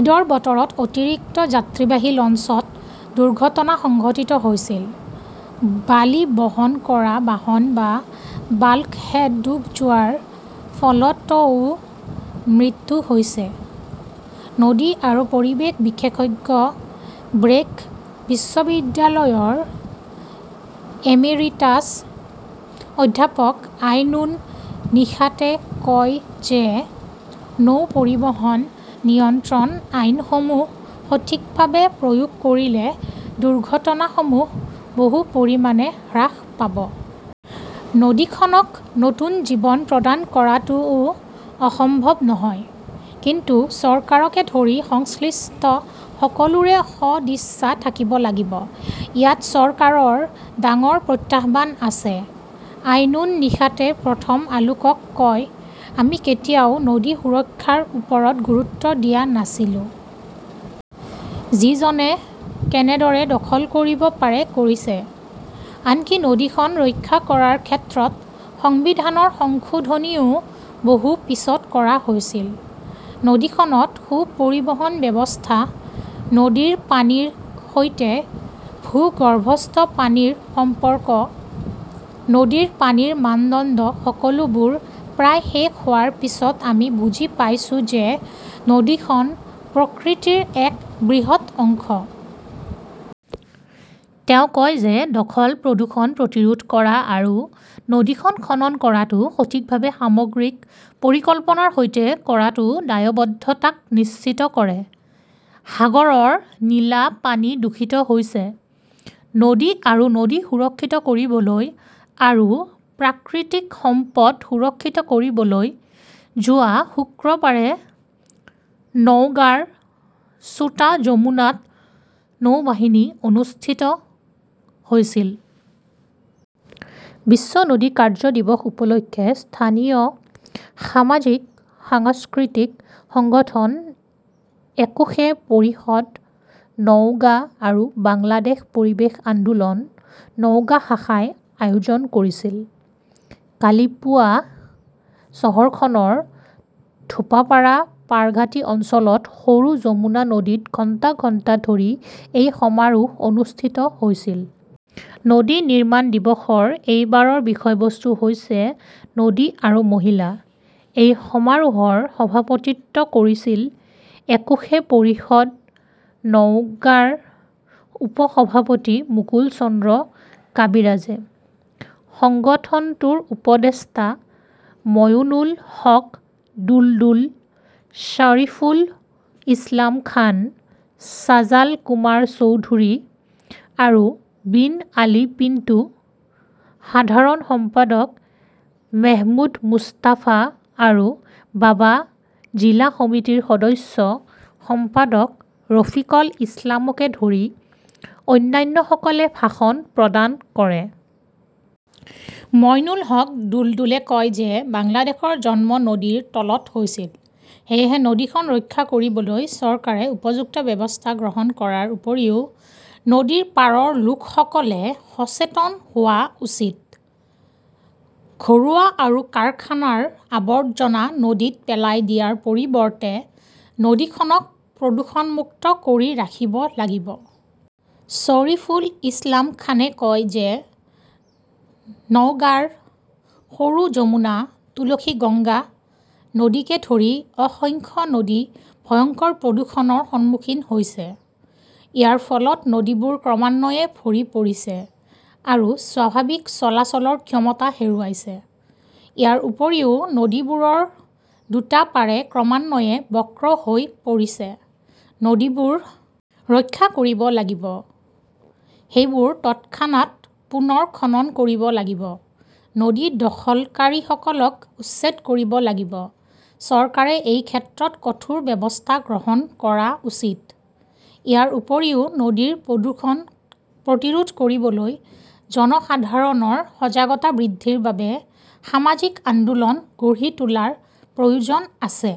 ঈদৰ বতৰত অতিৰিক্ত যাত্ৰীবাহী লঞ্চত দুৰ্ঘটনা সংঘটিত হৈছিল। বালি বহন কৰা বাহন বা বাল্কহেড ডুব যোৱাৰ ফলতও মৃত্যু হৈছে। নদী আৰু পৰিৱেশ বিশেষজ্ঞ ব্ৰেক বিশ্ববিদ্যালয়ৰ এমিৰিটাছ অধ্যাপক আইনুন নিশাতে কয় যে নৌ পৰিবহণ নিয়ন্ত্ৰণ আইনসমূহ সঠিকভাৱে প্ৰয়োগ কৰিলে দুৰ্ঘটনাসমূহ বহু পৰিমাণে হ্ৰাস পাব। নদীখনক নতুন জীৱন প্ৰদান কৰাটোও অসম্ভৱ নহয়। কিন্তু চৰকাৰকে ধৰি সংশ্লিষ্ট সকলোৰে সদিচ্ছা থাকিব লাগিব। ইয়াত চৰকাৰৰ ডাঙৰ প্ৰত্যাহ্বান আছে। আইনুন নিশাতে প্ৰথম আলোকক কয়, আমি কেতিয়াও নদী সুৰক্ষাৰ ওপৰত গুৰুত্ব দিয়া নাছিলো। যিজনে কেনেদৰে দখল কৰিব পাৰে, কৰিছে। আনকি নদীখন ৰক্ষা কৰাৰ ক্ষেত্ৰত সংবিধানৰ সংশোধনীও বহু পিছত কৰা হৈছিল। নদীখনত সু পৰিবহণ ব্যৱস্থা, নদীৰ পানীৰ সৈতে ভূগৰ্ভস্থ পানীৰ সম্পৰ্ক, নদীৰ পানীৰ মানদণ্ড সকলোবোৰ প্ৰায় শেষ হোৱাৰ পিছত আমি বুজি পাইছো যে নদীখন প্ৰকৃতিৰ এক বৃহৎ অংশ। তেওঁ কয় যে, দখল-প্ৰদূষণ প্ৰতিৰোধ কৰা আৰু নদীখন খনন কৰাটো সঠিকভাৱে সামগ্ৰিক পৰিকল্পনাৰ সৈতে কৰাটো দায়বদ্ধতাক নিশ্চিত কৰে। সাগৰৰ নীলা পানী দূষিত হৈছে নদী আৰু নদী সুৰক্ষিত কৰিবলৈ আৰু প্ৰাকৃতিক সম্পদ সুৰক্ষিত কৰিবলৈ যোৱা শুক্ৰবাৰে নওগাঁৰ ছোটা যমুনাত নৌবাহিনী অনুষ্ঠিত হৈছিল। বিশ্ব নদী কাৰ্য্য দিৱস উপলক্ষে স্থানীয় সামাজিক-সাংস্কৃতিক সংগঠন একুশে পৰিষদ নওগাঁ আৰু বাংলাদেশ পৰিৱেশ আন্দোলন নাওগাঁ শাখাই আয়োজন কৰিছিল। কালি পুৱা চহৰখনৰ ধোপাপাৰা পাৰঘাটি অঞ্চলত সৰু যমুনা নদীত ঘণ্টা ঘণ্টা ধৰি এই সমাৰোহ অনুষ্ঠিত হৈছিল। নদী নিৰ্মাণ দিৱসৰ এইবাৰৰ বিষয়বস্তু হৈছে 'নদী আৰু মহিলা "। এই সমাৰোহৰ সভাপতিত্ব কৰিছিল একুশে পৰিষদ নওগাঁৰ উপ-সভাপতি মুকুল চন্দ্ৰ কাবিৰাজে। সংগঠনটোৰ উপদেষ্টা ময়োনুল হক দুলদুল, শ্বৰিফুল ইছলাম খান, ছাজাল কুমাৰ চৌধুৰী আৰু বিন আলী পিণ্টু, সাধাৰণ সম্পাদক মেহমুদ মুস্তাফা আৰু বাবা জিলা সমিতিৰ সদস্য সম্পাদক ৰাফিকল ইছলামকে ধৰি অন্যান্যসকলে ভাষণ প্ৰদান কৰে। মইনুল হক দুলদুলে কয় যে, বাংলাদেশৰ জন্ম নদীৰ তলত হৈছিল। সেয়েহে নদীখন ৰক্ষা কৰিবলৈ চৰকাৰে উপযুক্ত ব্যৱস্থা গ্ৰহণ কৰাৰ উপৰিও নদীৰ পাৰৰ লোকসকলে সচেতন হোৱা উচিত। ঘৰুৱা আৰু কাৰখানাৰ আৱৰ্জনা নদীত পেলাই দিয়াৰ পৰিৱৰ্তে নদীখনক প্ৰদূষণমুক্ত কৰি ৰাখিব লাগিব। শ্বৰিফুল ইছলাম খানে কয় যে, নওগাঁৰ সৰু যমুনা, তুলসীগংগা নদীকে ধৰি অসংখ্য নদী ভয়ংকৰ প্ৰদূষণৰ সন্মুখীন হৈছে। ইয়াৰ ফলত নদীবোৰ ক্ৰমান্বয়ে ভৰি পৰিছে আৰু স্বাভাৱিক চলাচলৰ ক্ষমতা হেৰুৱাইছে। ইয়াৰ উপৰিও নদীবোৰৰ দুটা পাৰে ক্ৰমান্বয়ে বক্ৰ হৈ পৰিছে। নদীবোৰ ৰক্ষা কৰিব লাগিব। সেইবোৰ তৎক্ষণাত পুনৰ খনন কৰিব লাগিব। নদী দখলকাৰীসকলক উচ্ছেদ কৰিব লাগিব। চৰকাৰে এই ক্ষেত্ৰত কঠোৰ ব্যৱস্থা গ্ৰহণ কৰা উচিত। ইয়াৰ উপৰিও নদীৰ প্ৰদূষণ প্ৰতিৰোধ কৰিবলৈ জনসাধাৰণৰ সজাগতা বৃদ্ধিৰ বাবে সামাজিক আন্দোলন গঢ়ি তোলাৰ প্ৰয়োজন আছে।